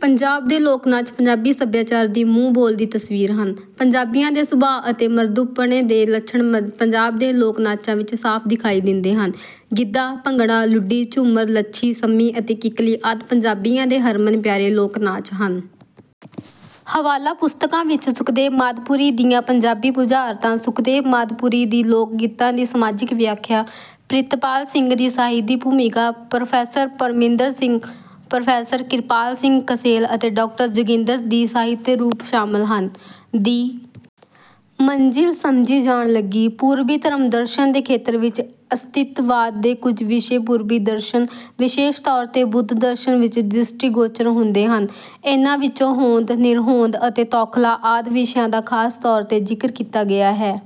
ਪੰਜਾਬ ਦੇ ਲੋਕ ਨਾਚ ਪੰਜਾਬੀ ਸੱਭਿਆਚਾਰ ਦੀ ਮੂੰਹ ਬੋਲਦੀ ਤਸਵੀਰ ਹਨ। ਪੰਜਾਬੀਆਂ ਦੇ ਸੁਭਾਅ ਅਤੇ ਮਰਦਉਪਣੇ ਦੇ ਲੱਛਣ ਪੰਜਾਬ ਦੇ ਲੋਕ ਨਾਚਾਂ ਵਿੱਚ ਸਾਫ਼ ਦਿਖਾਈ ਦਿੰਦੇ ਹਨ। ਗਿੱਧਾ, ਭੰਗੜਾ, ਲੁੱਡੀ, ਝੂੰਮਰ, ਲੱਛੀ, ਸੰਮੀ ਅਤੇ ਕਿੱਕਲੀ ਆਦਿ ਪੰਜਾਬੀਆਂ ਦੇ ਹਰਮਨ ਪਿਆਰੇ ਲੋਕ ਨਾਚ ਹਨ। ਹਵਾਲਾ ਪੁਸਤਕਾਂ ਵਿੱਚ ਸੁਖਦੇਵ ਮਾਦਪੁਰੀ ਦੀਆਂ ਪੰਜਾਬੀ ਬੁਝਾਰਤਾਂ, ਸੁਖਦੇਵ ਮਾਦਪੁਰੀ ਦੀ ਲੋਕ ਗੀਤਾਂ ਦੀ ਸਮਾਜਿਕ ਵਿਆਖਿਆ, ਪ੍ਰਿਤਪਾਲ ਸਿੰਘ ਦੀ ਸਾਹਿਤ ਦੀ ਭੂਮਿਕਾ, ਪ੍ਰੋਫੈਸਰ ਪ੍ਰਮਿੰਦਰ ਸਿੰਘ, ਪ੍ਰੋਫੈਸਰ ਕਿਰਪਾਲ ਸਿੰਘ ਕਸੇਲ ਅਤੇ ਡਾਕਟਰ ਜੋਗਿੰਦਰ ਦੀ ਸਾਹਿਤ ਦੇ ਰੂਪ ਸ਼ਾਮਲ ਹਨ। ਦੀ ਮੰਜ਼ਿਲ ਸਮਝੀ ਜਾਣ ਲੱਗੀ। ਪੂਰਬੀ ਧਰਮ ਦਰਸ਼ਨ ਦੇ ਖੇਤਰ ਵਿੱਚ ਅਸਤਿਤਵਾਦ ਦੇ ਕੁਝ ਵਿਸ਼ੇ ਪੂਰਬੀ ਦਰਸ਼ਨ, ਵਿਸ਼ੇਸ਼ ਤੌਰ ਤੇ ਬੁੱਧ ਦਰਸ਼ਨ ਵਿੱਚ ਦ੍ਰਿਸ਼ਟੀਗੋਚਰ ਹੁੰਦੇ ਹਨ। ਇਨ੍ਹਾਂ ਵਿੱਚੋਂ ਹੋਂਦ, ਨਿਰਹੋਂਦ ਅਤੇ ਤੌਖਲਾ ਆਦਿ ਵਿਸ਼ਿਆਂ ਦਾ ਖਾਸ ਤੌਰ ਤੇ ਜ਼ਿਕਰ ਕੀਤਾ ਗਿਆ ਹੈ।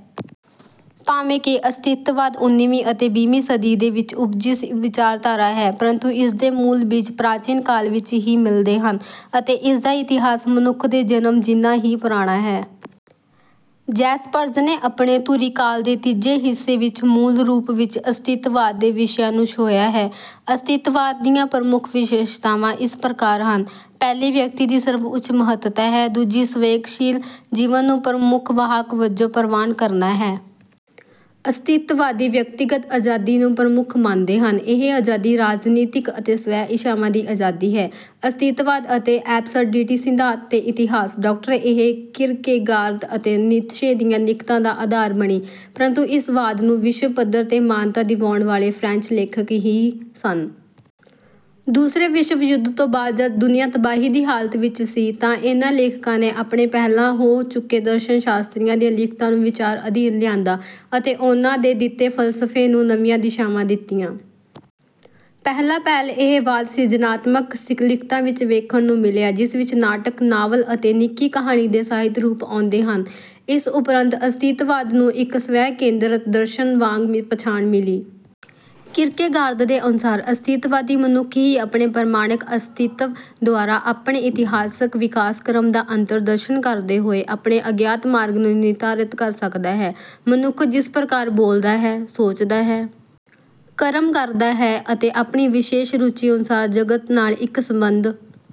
ਭਾਵੇਂ ਕਿ ਅਸਤਿਤਵਾਦ ਉੱਨੀਵੀਂ ਅਤੇ ਵੀਹਵੀਂ ਸਦੀ ਦੇ ਵਿੱਚ ਉਪਜੀ ਵਿਚਾਰਧਾਰਾ ਹੈ, ਪਰੰਤੂ ਇਸ ਦੇ ਮੂਲ ਬੀਜ ਪ੍ਰਾਚੀਨ ਕਾਲ ਵਿੱਚ ਹੀ ਮਿਲਦੇ ਹਨ। ਅਤੇ ਇਸ ਦਾ ਇਤਿਹਾਸ ਮਨੁੱਖ ਦੇ ਜਨਮ ਜਿੰਨਾ ਹੀ ਪੁਰਾਣਾ ਹੈ। ਜੈਸਪਰਜ਼ ਨੇ ਆਪਣੇ ਧੁਰਈ ਕਾਲ ਦੇ ਤੀਜੇ ਹਿੱਸੇ ਵਿੱਚ ਮੂਲ ਰੂਪ ਵਿੱਚ ਅਸਤਿਤਵਾਦ ਦੇ ਵਿਸ਼ਿਆਂ ਨੂੰ ਛੋਹਿਆ ਹੈ। ਅਸਤਿਤਵਾਦ ਦੀਆਂ ਪ੍ਰਮੁੱਖ ਵਿਸ਼ੇਸ਼ਤਾਵਾਂ ਇਸ ਪ੍ਰਕਾਰ ਹਨ। ਪਹਿਲੀ ਵਿਅਕਤੀ ਦੀ ਸਰਵ ਉੱਚ ਮਹੱਤਤਾ ਹੈ। ਦੂਜੀ ਸੰਵੇਗਸ਼ੀਲ ਜੀਵਨ ਨੂੰ ਪ੍ਰਮੁੱਖ ਵਾਹਕ ਵਜੋਂ ਪ੍ਰਵਾਨ ਕਰਨਾ ਹੈ। ਅਸਤਿਤਵਵਾਦੀ ਵਿਅਕਤੀਗਤ ਆਜ਼ਾਦੀ ਨੂੰ ਪ੍ਰਮੁੱਖ ਮੰਨਦੇ ਹਨ। ਇਹ ਆਜ਼ਾਦੀ ਰਾਜਨੀਤਿਕ ਅਤੇ ਸਵੈ ਇੱਛਾਵਾਂ ਦੀ ਆਜ਼ਾਦੀ ਹੈ। ਅਸਤਿਤਵਵਾਦ ਅਤੇ ਐਬਸਰਡਿਟੀ ਸਿਧਾਂਤ ਤੇ ਇਤਿਹਾਸ, ਡਾਕਟਰ ਇਹ ਕਿਰਕੇਗਾਰਦ ਅਤੇ ਨੀਤਸ਼ੇ ਦੀਆਂ ਲਿਖਤਾਂ ਦਾ ਆਧਾਰ ਬਣੀ। ਪਰੰਤੂ ਇਸ ਵਾਦ ਨੂੰ ਵਿਸ਼ਵ ਪੱਧਰ ਤੇ ਮਾਨਤਾ ਦਿਵਾਉਣ ਵਾਲੇ ਫਰੈਂਚ ਲੇਖਕ ਹੀ ਸਨ। ਦੂਸਰੇ ਵਿਸ਼ਵ ਯੁੱਧ ਤੋਂ ਬਾਅਦ ਜਦ ਦੁਨੀਆ ਤਬਾਹੀ ਦੀ ਹਾਲਤ ਵਿੱਚ ਸੀ, ਤਾਂ ਇਨ੍ਹਾਂ ਲੇਖਕਾਂ ਨੇ ਆਪਣੇ ਪਹਿਲਾਂ ਹੋ ਚੁੱਕੇ ਦਰਸ਼ਨ ਸ਼ਾਸਤਰੀਆਂ ਦੀਆਂ ਲਿਖਤਾਂ ਨੂੰ ਵਿਚਾਰ ਅਧੀਨ ਲਿਆਂਦਾ, ਅਤੇ ਉਨ੍ਹਾਂ ਦੇ ਦਿੱਤੇ ਫਲਸਫੇ ਨੂੰ ਨਵੀਆਂ ਦਿਸ਼ਾਵਾਂ ਦਿੱਤੀਆਂ। ਪਹਿਲਾਂ ਪਹਿਲ ਇਹ ਵਾਦ ਸਿਰਜਨਾਤਮਕ ਲਿਖਤਾਂ ਵਿੱਚ ਵੇਖਣ ਨੂੰ ਮਿਲਿਆ, ਜਿਸ ਵਿੱਚ ਨਾਟਕ, ਨਾਵਲ ਅਤੇ ਨਿੱਕੀ ਕਹਾਣੀ ਦੇ ਸਾਹਿਤ ਰੂਪ ਆਉਂਦੇ ਹਨ। ਇਸ ਉਪਰੰਤ ਅਸਤਿਤਵਾਦ ਨੂੰ ਇੱਕ ਸਵੈ ਕੇਂਦਰਤ ਦਰਸ਼ਨ ਵਾਂਗ ਪਛਾਣ ਮਿਲੀ। ਕਿਰਕੇਗਾਰਦ ਦੇ ਅਨੁਸਾਰ ਅਸਤਿਤਵਾਦੀ ਮਨੁੱਖ ਹੀ ਆਪਣੇ ਪ੍ਰਮਾਣਕ ਅਸਤਿਤਵ ਦੁਆਰਾ, ਆਪਣੇ ਇਤਿਹਾਸਕ ਵਿਕਾਸਕ੍ਰਮ ਦਾ ਅੰਤਰ ਦਰਸ਼ਨ ਕਰਦੇ ਹੋਏ, ਆਪਣੇ ਅਗਿਆਤ ਮਾਰਗ ਨੂੰ ਨਿਰਧਾਰਤ ਕਰ ਸਕਦਾ ਹੈ। ਮਨੁੱਖ ਜਿਸ ਪ੍ਰਕਾਰ ਬੋਲਦਾ ਹੈ, ਸੋਚਦਾ ਹੈ, ਕਰਮ ਕਰਦਾ ਹੈ ਅਤੇ ਆਪਣੀ ਵਿਸ਼ੇਸ਼ ਰੁਚੀ ਅਨੁਸਾਰ ਜਗਤ ਨਾਲ ਇੱਕ ਸੰਬੰਧ